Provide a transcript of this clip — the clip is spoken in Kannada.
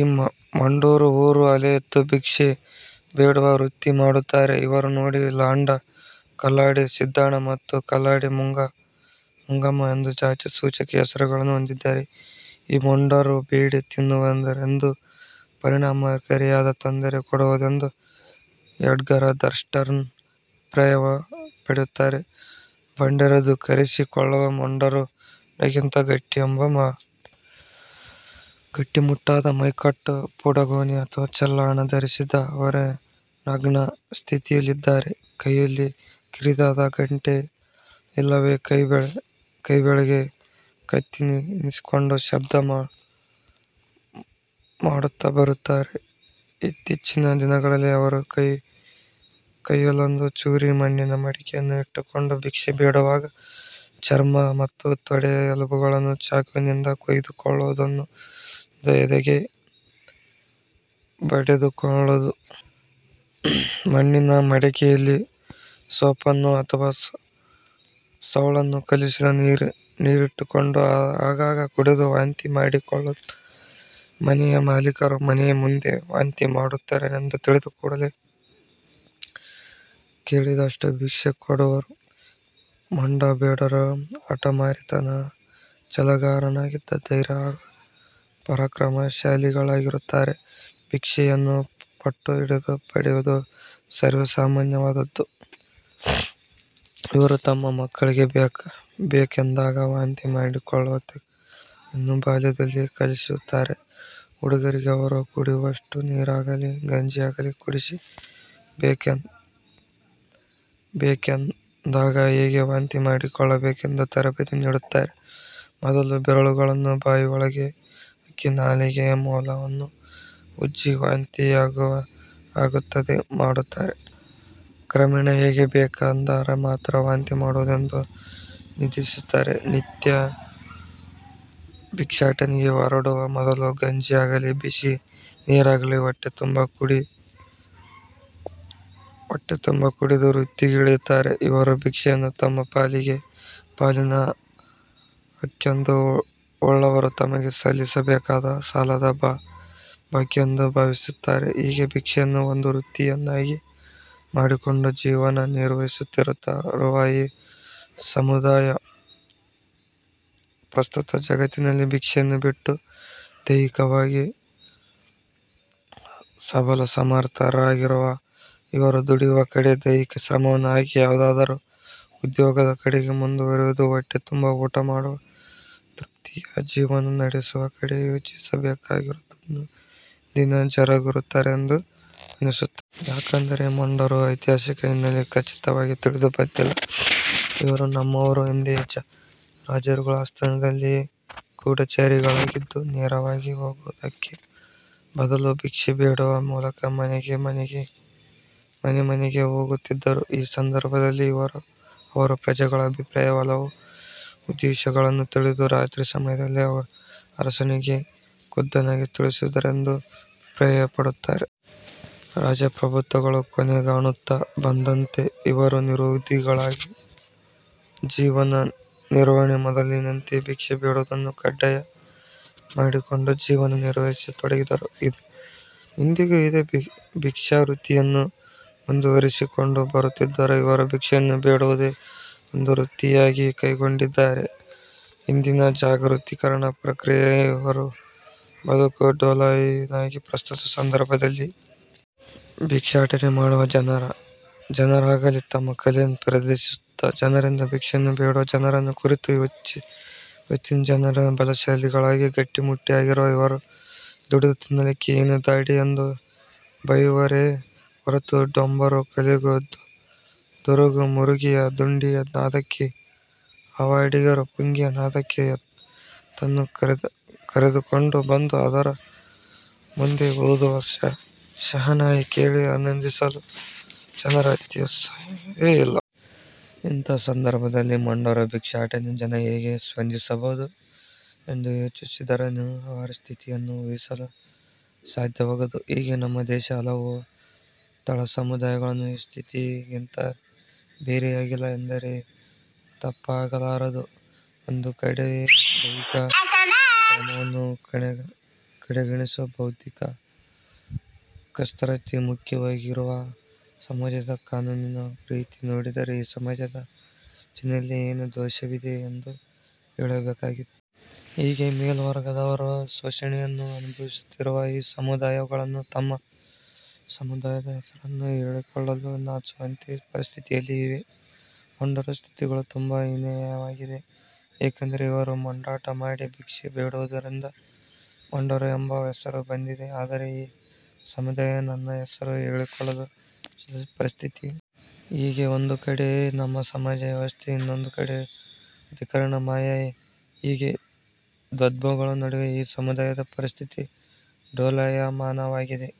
ಈ ಮೊಂಡರು ಊರೂರು ಅಲೆಯುತ್ತ ಭಿಕ್ಷೆ ಬೇಡುವ ವೃತ್ತಿ ಮಾಡುತ್ತಾರೆ. ಇವರು ಮೊಂಡಿ, ಲಾಂಡ, ಕಲ್ಲಾಡಿ, ಸಿದ್ದಾಣ ಮತ್ತು ಕಲ್ಲಾಡಿ ಮುಂಗಾಮ ಎಂದೂ ಜಾತಿ ಸೂಚಕ ಹೆಸರುಗಳನ್ನು ಹೊಂದಿದ್ದಾರೆ. "ಈ ಮೊಂಡರು ಬೇಡಿ ತಿನ್ನುವವರೆಂದು ಪರಿಣಾಮಕಾರಿಯಾದ ತೊಂದರೆ ಕೊಡುವವರೆಂದು" ಎಡ್ಗರ್ ಥರ್ಸ್ಟನ್ ಅಭಿಪ್ರಾಯ ಪಡುತ್ತಾರೆ. ಬಂಡರೆಂದು ಕರೆಸಿ ಕೊಳ್ಳುವ ಮೊಂಡರು ಬಂಡೆಗಿಂತ ಗಟ್ಟಿಯೆಂಬ ವಾಡಿಕೆಯಿದೆ. ಗಟ್ಟಿಮುಟ್ಟಾದ ಮೈಕಟ್ಟು ಪುಡಗೋನಿ ಅಥವಾ ಚಲ್ಲಾಣ ಧರಿಸಿದ್ದು ಅರೆನಗ್ನ ಸ್ಥಿತಿಯಲ್ಲಿರುತ್ತಾರೆ. ಕೈಯಲ್ಲಿ ಕಿರಿದಾದ ಗಂಟೆ ಇಲ್ಲವೆ ಕೈಬಳೆಗೆ ಕತ್ತಿಯನ್ನಿಟ್ಟುಕೊಂಡು ಶಬ್ದ ಮಾಡುತ್ತಾ ಬರುತ್ತಾರೆ. ಇತ್ತೀಚಿನ ದಿನಗಳಲ್ಲಿ ಅವರು ಕೈಯಲ್ಲೊಂದು ಚೂರಿ ಮಣ್ಣಿನ ಮಡಕೆಯನ್ನು ಇಟ್ಟುಕೊಂಡು ಭಿಕ್ಷೆ ಬೇಡುವಾಗ ಚರ್ಮ ಮತ್ತು ತೊಡೆ ಎಲುಬನ್ನು ಚಾಕುವಿನಿಂದ ಕೊಯ್ದುಕೊಳ್ಳುವುದು ಕಲ್ಲಿನಿಂದ ಎದೆಗೆ ಬಡಿದುಕೊಳ್ಳುವುದು. ಮಣ್ಣಿನ ಕುಡಿಕೆಯಲ್ಲಿ ಸೋಪನ್ನು ಅಥವಾ ಸೌಳನ್ನು ಕಲಿಸಿದ ನೀರಿಟ್ಟುಕೊಂಡು ಆಗಾಗ ಕುಡಿದು ವಾಂತಿ ಮಾಡಿಕೊಳ್ಳುತ್ತಾನೆ. ಮನೆಯ ಮಾಲಿಕರು ಮನೆ ಮುಂದೆ ವಾಂತಿ ಮಾಡುತ್ತಾನೆಂದು ತಿಳಿದು ಕೂಡಲೇ ಕೇಳಿದಷ್ಟು ಭಿಕ್ಷೆ ಕೊಡುವರು. ಮೊಂಡ ಬೇಡರು ಹಟಮಾರಿತನ, ಛಲಗಾರರಾಗಿದ್ದು, ಧೈರ್ಯ ಹಾಗೂ ಪರಾಕ್ರಮಶಾಲಿಗಳಾಗಿರುತ್ತಾರೆ. ಭಿಕ್ಷೆಯನ್ನು ಪಟ್ಟು ಹಿಡಿದು ಪಡೆಯುವುದು ಸರ್ವೇ ಸಾಮಾನ್ಯವಾದುದು. ಇವರು ತಮ್ಮ ಮಕ್ಕಳಿಗೆ ಬೇಕೆಂದಾಗ ವಾಂತಿ ಮಾಡಿಕೊಳ್ಳುವ ಕಲೆಯನ್ನು ಬಾಲ್ಯ ದಲ್ಲಿಯೇ ಕಲಿಸುತ್ತಾರೆ. ಹುಡುಗರಿಗೆ ಅವರು ಕುಡಿಯುವಷ್ಟು ನೀರಾಗಲಿ, ಗಂಜಿಯಾಗಲಿ ಕುಡಿಸಿ ಬೇಕೆಂದಾಗ ಹೇಗೆ ವಾಂತಿ ಮಾಡಿಕೊಳ್ಳಬೇಕೆಂದು ತರಬೇತಿ ನೀಡುತ್ತಾರೆ. ಮೊದಲು ಬೆರಳುಗಳನ್ನು ಬಾಯಿಯೊಳಕ್ಕೆ ಹಾಕಿ, ನಾಲಿಗೆಯ ಮೂಲವನ್ನು ಉಜ್ಜಿ, ಒತ್ತಿ, ವಾಂತಿ ಯಾಗುವಂತೆ ಮಾಡುತ್ತಾರೆ. ಕ್ರಮೇಣ ಹೇಗೆ ಬೇಕೆಂದಾಗ ಮಾತ್ರ ವಾಂತಿ ಮಾಡುವುದೆಂದು ನಿರ್ದೇಶಿಸುತ್ತಾರೆ. ನಿತ್ಯ ಭಿಕ್ಷಾಟನೆಗೆ ಹೊರಡುವ ಮೊದಲು ಗಂಜಿಯಾಗಲಿ ಬಿಸಿ ನೀರಾಗಲಿ ಹೊಟ್ಟೆ ತುಂಬ ಕುಡಿದು ವೃತ್ತಿಗಿಳಿಯುತ್ತಾರೆ. ಇವರು ಭಿಕ್ಷೆಯನ್ನು ತಮ್ಮ ಪಾಲಿನ ಹಕ್ಕೆಂದು ಉಳ್ಳವರು ತಮಗೆ ಸಲ್ಲಿಸಬೇಕಾದ ಸಾಲದ ಬಾಕಿಯೆಂದು ಭಾವಿಸುತ್ತಾರೆ. ಹೀಗೆ ಭಿಕ್ಷೆಯನ್ನೇ ಒಂದು ವೃತ್ತಿಯನ್ನಾಗಿ ಮಾಡಿಕೊಂಡು ಜೀವನ ನಿರ್ವಹಿಸುತ್ತಿರುವ ಈ ಸಮುದಾಯ ಪ್ರಸ್ತುತ ಜಗತ್ತಿನಲ್ಲಿ ಭಿಕ್ಷೆಯನ್ನು ಬಿಟ್ಟು ದೈಹಿಕವಾಗಿ ಸಬಲ ಸಮರ್ಥ ರಾಗಿರುವ ಇವರು ದುಡಿಯುವ ಕಡೆ ದೈಹಿಕ ಶ್ರಮವನ್ನು ಹಾಕಿ ಯಾವುದಾದರೂ ಉದ್ಯೋಗದ ಕಡೆ ಮುಂದುವರಿದು ಹೊಟ್ಟೆ ತುಂಬ ಊಟ ಮಾಡುವ ತೃಪ್ತಿಯ ಜೀವನ ನಡೆಸುವ ಕಡೆ ಯೋಚಿಸಬೇಕಾಗಿರುವುದು ಇಂದಿನ ಜರೂರತ್ತಾಗಿದೆ ಎಂದು ಅನಿಸುತ್ತದೆ. ಯಾಕೆಂದರೆ ಮೊಂಡರ ಐತಿಹಾಸಿಕ ಹಿನ್ನೆಲೆ ಖಚಿತವಾಗಿ ತಿಳಿದು ಬಂದಿಲ್ಲ ಇವರು "ನಮ್ಮವರು ಹಿಂದೆ ರಾಜರುಗಳ ಆಸ್ಥಾನದಲ್ಲಿ ಗೂಢಾಚಾರಿಗಳಾಗಿದ್ದು ನೇರವಾಗಿ ಹೋಗುವುದಕ್ಕೆ ಬದಲು ಭಿಕ್ಷೆ ಬೇಡುವ ಮೂಲಕ ಮನೆ ಮನೆಗೆ ಹೋಗುತ್ತಿದ್ದರು. ಈ ಸಂದರ್ಭದಲ್ಲಿ ಅವರು ಪ್ರಜೆಗಳ ಅಭಿಪ್ರಾಯ, ಒಲವು ಉದ್ದೇಶಗಳನ್ನು ತಿಳಿದು ರಾತ್ರಿ ಸಮಯದಲ್ಲಿ ಅರಸನಿಗೆ ಖುದ್ದಾಗಿ ತಿಳಿಸುತ್ತಿದ್ದರೆಂದು" ಅಭಿಪ್ರಾಯಪಡುತ್ತಾರೆ. ರಾಜಪ್ರಭುತ್ವಗಳು ಕೊನೆಗಾಣುತ್ತಾ ಬಂದಂತೆ ಇವರು ನಿರುದ್ಯೋಗಿಗಳಾಗಿ ಜೀವನ ನಿರ್ವಹಣೆಗೆ ಮೊದಲಿನಂತೆ ಭಿಕ್ಷೆ ಬೇಡುವುದನ್ನು ಕಡ್ಡಾಯ ಮಾಡಿಕೊಂಡು ಜೀವನ ನಿರ್ವಹಿಸತೊಡಗಿದರು. ಇಂದಿಗೂ ಇದೇ ಭಿಕ್ಷಾವೃತ್ತಿಯನ್ನು ಮುಂದುವರಿಸಿಕೊಂಡು ಬರುತ್ತಿರುವ ಇವರು ಭಿಕ್ಷೆಯನ್ನು ಬೇಡುವುದೇ ಒಂದು ವೃತ್ತಿಯನ್ನಾಗಿ ಕೈಗೊಂಡಿದ್ದಾರೆ. ಇಂದಿನ ಜಾಗತೀಕರಣದ ಪ್ರಕ್ರಿಯೆಯಲ್ಲಿ ಇವರ ಬದುಕು ಡೋಲಾಯಮಾನವಾಗಿದೆ. ಪ್ರಸ್ತುತ ಸಂದರ್ಭದಲ್ಲಿ ಭಿಕ್ಷಾಟನೆ ಮಾಡುವ ಜನರಿಗಾಗಲಿ ತಮ್ಮ ಕಲೆಯನ್ನು ಪ್ರದರ್ಶಿಸುತ್ತಾ ಜನರಿಂದ ಭಿಕ್ಷೆಯನ್ನು ಬೇಡುವ ಜನರನ್ನು ಕುರಿತು ಇವತ್ತಿನ ಜನರು ಬಲಶಾಲಿಗಳಾಗಿ ಗಟ್ಟಿಮುಟ್ಟಾಗಿರುವ ಇವರು ದುಡಿದು ತಿನ್ನಲಿಕ್ಕೆ ಏನು ಧಾಡಿ ಎಂದು ಬೈಯುವರೆ ಹೊರತು ಡೊಂಬರ ಕಲೆಗೂ, ದುರುಗು ಮುರುಗಿಯರ ದುಡಿಯ ನಾದಕ್ಕೆ, ಹಾವಾಡಿಗರ ಪುಂಗಿಯ ನಾದಕ್ಕೆ ಎತ್ತನ್ನು ಕರೆದುಕೊಂಡು ಬಂದು ಅದರ ಮುಂದೆ ಊದುವ ಶಹನಾಯಿ ಕೇಳಿ ಆನಂದಿಸಲು ಜನರ ಹತ್ತಿರ ಸಮಯವೇ ಇಲ್ಲ. ಇಂಥ ಸಂದರ್ಭದಲ್ಲಿ ಮೊಂಡರ ಭಿಕ್ಷಾಟನೆಗೆ ಜನ ಹೇಗೆ ಸ್ಪಂದಿಸಬಹುದು ಎಂದು ಯೋಚಿಸಿದರೇನೆ ಅವರ ಸ್ಥಿತಿಯನ್ನು ಊಹಿಸಲು ಸಾಧ್ಯವಾಗದು. ಹೀಗೆ ನಮ್ಮ ದೇಶದ ಹಲವು ತಳಸಮುದಾಯಗಳು ಈ ಸ್ಥಿತಿಗಿಂತ ಬೇರೆಯಾಗಿಲ್ಲ ಎಂದರೆ ತಪ್ಪಾಗಲಾರದು. ಒಂದು ಕಡೆ ದೈಹಿಕ ಶ್ರಮವನ್ನು ಕಡೆಗಣಿಸುವ ಬೌದ್ದಿಕ ಕಸರತ್ತೆ ಮುಖ್ಯವಾಗಿರುವ ಸಮಾಜದ ಕಾನೂನಿನ ರೀತಿ ನೋಡಿದರೆ ಈ ಸಮಾಜದ ರಚನೆಯಲ್ಲೇ ಏನೋ ದೋಷವಿದೆ ಎಂದು ಹೇಳಬೇಕಾಗುತ್ತದೆ. ಹೀಗೆ ಮೇಲ್ವರ್ಗದವರ ಶೋಷಣೆಯನ್ನು ಅನುಭವಿಸುತ್ತಿರುವ ಈ ಸಮುದಾಯಗಳು ತಮ್ಮ ಸಮುದಾಯದ ಹೆಸರನ್ನು ಹೇಳಿಕೊಳ್ಳಲು ನಾಚುವಂತ ಪರಿಸ್ಥಿತಿಯಲ್ಲಿ ಇವೆ. ಮೊಂಡರ ಸ್ಥಿತಿಗಳು ತುಂಬಾ ಹೀನಾಯವಾಗಿವೆ. ಏಕೆಂದರೆ ಇವರು ಮೊಂಡಾಟ ಮಾಡಿ ಭಿಕ್ಷೆ ಬೇಡುವುದರಿಂದ ಮೊಂಡರು ಎಂಬ ಹೆಸರು ಬಂದಿದೆ. ಆದರೆ ಈ ಸಮುದಾಯ ತನ್ನ ಹೆಸರು ಹೇಳಿಕೊಳ್ಳಲು ಬಯಸದ ಪರಿಸ್ಥಿತಿ. ಹೀಗೆ ಒಂದು ಕಡೆ ನಮ್ಮ ಸಮಾಜ ವ್ಯವಸ್ಥೆ ಇನ್ನೊಂದೆಡೆ ಜಾಗತೀಕರಣದ ಮಾಯೆ, ಹೀಗೆ ದ್ವಂದ್ವಗಳ ನಡುವೆ ಈ ಸಮುದಾಯದ ಪರಿಸ್ಥಿತಿ ಡೋಲಾಯಮಾನವಾಗಿದೆ.